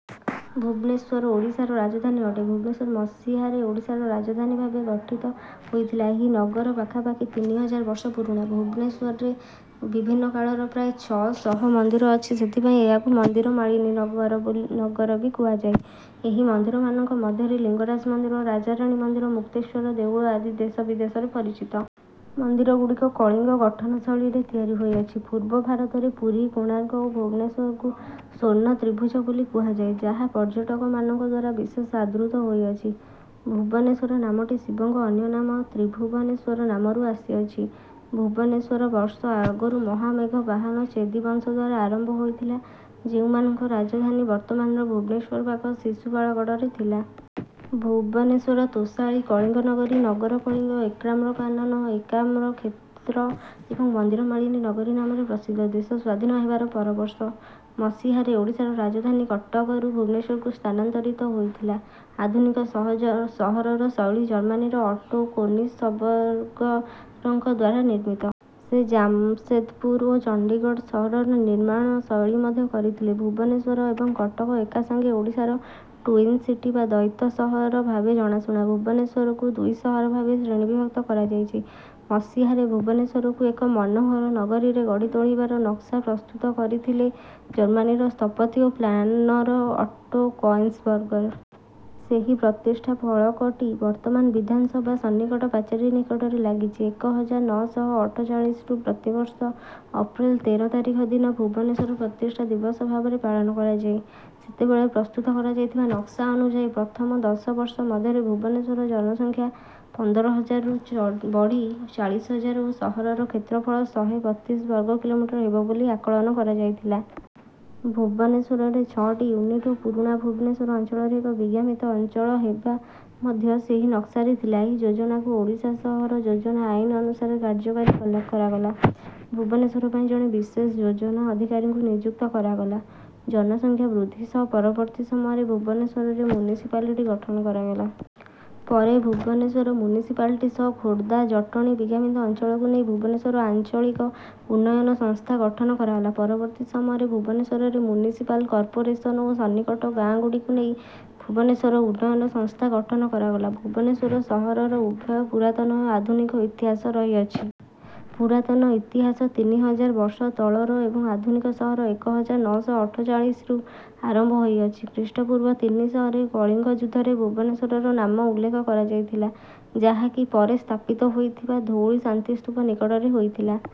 ଭୁବନେଶ୍ୱର ଓଡ଼ିଶାର ରାଜଧାନୀ ଅଟେ। ଭୁବନେଶ୍ୱର ମସିହାରେ ଓଡ଼ିଶାର ରାଜଧାନୀ ଭାବେ ଗଠିତ ହୋଇଥିଲା। ଏହି ନଗର ପାଖାପାଖି ତିନିହଜାର ବର୍ଷ ପୁରୁଣା। ଭୁବନେଶ୍ୱରରେ ବିଭିନ୍ନ କାଳର ପ୍ରାୟ ଛଅ ଶହ ମନ୍ଦିର ଅଛି ସେଥିପାଇଁ ଏହାକୁ ମନ୍ଦିର ମାଳିନୀ ନଗର ବି କୁହାଯାଏ। ଏହି ମନ୍ଦିରମାନଙ୍କ ମଧ୍ୟରେ ଲିଙ୍ଗରାଜ ମନ୍ଦିର, ରାଜାରାଣୀ ମନ୍ଦିର, ମୁକ୍ତେଶ୍ୱର ଦେଉଳ ଆଦି ଦେଶ ବିଦେଶରେ ପରିଚିତ। ମନ୍ଦିରଗୁଡିକ କଳିଙ୍ଗ ଗଠନଶୈଳୀରେ ତିଆରି ହୋଇଅଛି। ପୂର୍ବ ଭାରତରେ ପୁରୀ, କୋଣାର୍କ ଓ ଭୁବନେଶ୍ୱରକୁ ସ୍ୱର୍ଣ୍ଣ ତ୍ରିଭୁଜ ବୋଲି କୁହାଯାଏ, ଯାହା ପର୍ଯ୍ୟଟକମାନଙ୍କଦ୍ୱାରା ବିଶେଷ ଆଦୃତ ହୋଇଅଛି। ଭୁବନେଶ୍ୱର ନାମଟି ଶିବଙ୍କ ଅନ୍ୟନାମ ତ୍ରିଭୁବନେଶ୍ୱର ନାମରୁ ଆସିଅଛି। ଭୁବନେଶ୍ୱର ବର୍ଷ ଆଗରୁ ମହାମେଘ ବାହନ ଚେଦି ବଂଶଦ୍ୱାରା ଆରମ୍ଭ ହୋଇଥିଲା ଯେଉଁମାନଙ୍କ ରାଜଧାନୀ ବର୍ତ୍ତମାନର ଭୁବନେଶ୍ୱର ପାଖ ଶିଶୁପାଳଗଡ଼ରେ ଥିଲା। ଭୁବନେଶ୍ୱର ତୋଷାଳୀ, କଳିଙ୍ଗ ନଗରୀ, ନଗର କଳିଙ୍ଗ, ଏକାମ୍ର କାନନ, ଏକାମ୍ର କ୍ଷେତ୍ର ଏବଂ ମନ୍ଦିର ମାଳିନୀ ନଗରୀ ନାମରେ ପ୍ରସିଦ୍ଧ। ଦେଶ ସ୍ୱାଧୀନ ହେବାର ପରବର୍ଷ, ମସିହାରେ ଓଡ଼ିଶାର ରାଜଧାନୀ କଟକରୁ ଭୁବନେଶ୍ୱରକୁ ସ୍ଥାନାନ୍ତରିତ ହୋଇଥିଲା। ଆଧୁନିକ ସହରର ଶୈଳୀ ଜର୍ମାନୀର ଓଟୋ କୋନିସବର୍ଗରଙ୍କଦ୍ୱାରା ନିର୍ମିତ। ସେ ଜାମସେଦପୁର ଓ ଚଣ୍ଡୀଗଡ଼ ସହରର ନିର୍ମାଣ ଶୈଳୀ ମଧ୍ୟ କରିଥିଲେ। ଭୁବନେଶ୍ୱର ଏବଂ କଟକ ଏକାସାଙ୍ଗେ ଓଡ଼ିଶାର ଟ୍ୱିନ ସିଟି ବା ଦୈତ ସହର ଭାବେ ଜଣାଶୁଣା। ଭୁବନେଶ୍ୱରକୁ ଦୁଇ ସହର ଭାବେ ଶ୍ରେଣୀବିଭକ୍ତ କରାଯାଇଛି। ମସିହାରେ, ଭୁବନେଶ୍ୱରକୁ ଏକ ମନହୋର ନଗରୀରେ ଗଢି ତୋଳିବାର ନକ୍ସା ପ୍ରସ୍ତୁତ କରିଥିଲେ ଜର୍ମାନୀର ସ୍ଥପତି ଓ ପ୍ଲାନର ଅଟୋ କଏନ୍ସବର୍ଗର। ସେହି ପ୍ରତିଷ୍ଠା ଫଳକଟି ବର୍ତ୍ତମାନ ବିଧାନ ସଭା ସନ୍ନିକଟ ପାଚେରୀ ନିକଟରେ ଲାଗିଛି। ଏକ ହଜାର ନଅ ଶହ ଅଠଚାଳିଶି ରୁ ପ୍ରତିବର୍ଷ ଅପ୍ରେଲ ତେର ତାରିଖ ଦିନ, ଭୁବନେଶ୍ୱର ପ୍ରତିଷ୍ଠା ଦିବସ ଭାବରେ ପାଳନ କରାଯାଏ। ସେତେବେଳେ ପ୍ରସ୍ତୁତ କରାଯାଇଥିବା ନକ୍ସା ଅନୁଯାୟୀ, ପ୍ରଥମ ଦଶ ବର୍ଷ ମଧ୍ୟରେ ଭୁବନେଶ୍ୱର ଜନସଂଖ୍ୟା ପନ୍ଦର ହଜାରରୁ ବଢି ଚାଳିଶ ହଜାର ଓ ସହରର କ୍ଷେତ୍ରଫଳ ଶହେ ବତିଶ ବର୍ଗ କିଲୋମିଟର ହେବ ବୋଲି ଆକଳନ କରାଯାଇଥିଲା। ଭୁବନେଶ୍ୱରରେ ଛଅଟି ୟୁନିଟ ଓ ପୁରୁଣା ଭୁବନେଶ୍ୱର ଅଞ୍ଚଳରେ ଏକ ବିଜ୍ଞାପିତ ଅଞ୍ଚଳ ହେବା ମଧ୍ୟ ସେହି ନକ୍ସାରେ ଥିଲା। ଏହି ଯୋଜନାକୁ ଓଡ଼ିଶା ସହର ଯୋଜନା ଆଇନ ଅନୁସାରେ କାର୍ଯ୍ୟକାରି କରାଗଲା। ଭୁବନେଶ୍ୱର ପାଇଁ ଜଣେ ବିଶେଷ ଯୋଜନା ଅଧିକାରୀଙ୍କୁ ନିଯୁକ୍ତ କରାଗଲା। ଜନସଂଖ୍ୟା ବୃଦ୍ଧି ସହ ପରବର୍ତ୍ତୀ ସମୟରେ, ଭୁବନେଶ୍ୱରରେ ମୁନିସିପାଲିଟି ଗଠନ କରାଗଲା। ପରେ ଭୁବନେଶ୍ୱର ମୁନିସିପାଲିଟି ସହ ଖୋର୍ଦ୍ଦା, ଜଟଣୀ ବିଜ୍ଞାପିତ ଅଞ୍ଚଳକୁ ନେଇ "ଭୁବନେଶ୍ୱର ଆଞ୍ଚଳିକ ଉନ୍ନୟନ ସଂସ୍ଥା" ଗଠନ କରାଗଲା। ପରବର୍ତ୍ତୀ ସମୟରେ, ଭୁବନେଶ୍ୱରରେ ମୁନିସିପାଲ କର୍ପୋରେସନ ଓ ସନ୍ନିକଟ ଗାଁଗୁଡିକୁ ନେଇ ଭୁବନେଶ୍ୱର ଉନ୍ନୟନ ସଂସ୍ଥା ଗଠନ କରାଗଲା। ଭୁବନେଶ୍ୱର ସହରର ଉଭୟ ପୁରାତନ ଏବଂ ଆଧୁନିକ ଇତିହାସ ରହିଅଛି। ପୁରାତନ ଇତିହାସ ତିନି ହଜାର ବର୍ଷ ତଳର ଏବଂ ଆଧୁନିକ ସହର ଏକ ହଜାର ନଅ ଶହ ଅଠଚାଳିଶି ରୁ ଆରମ୍ଭ ହୋଇ ଅଛି। ଖ୍ରୀଷ୍ଟପୂର୍ବ ତିନି ଶହ ରେ କଳିଙ୍ଗ ଯୁଦ୍ଧରେ ଭୁବନେଶ୍ୱରର ନାମ ଉଲ୍ଲେଖ କରାଯାଇଥିଲା ଯାହାକି ପରେ ସ୍ଥାପିତ ହୋଇଥିବା ଧଉଳି ଶାନ୍ତିସ୍ତୁପ ନିକଟରେ ହୋଇଥିଲା।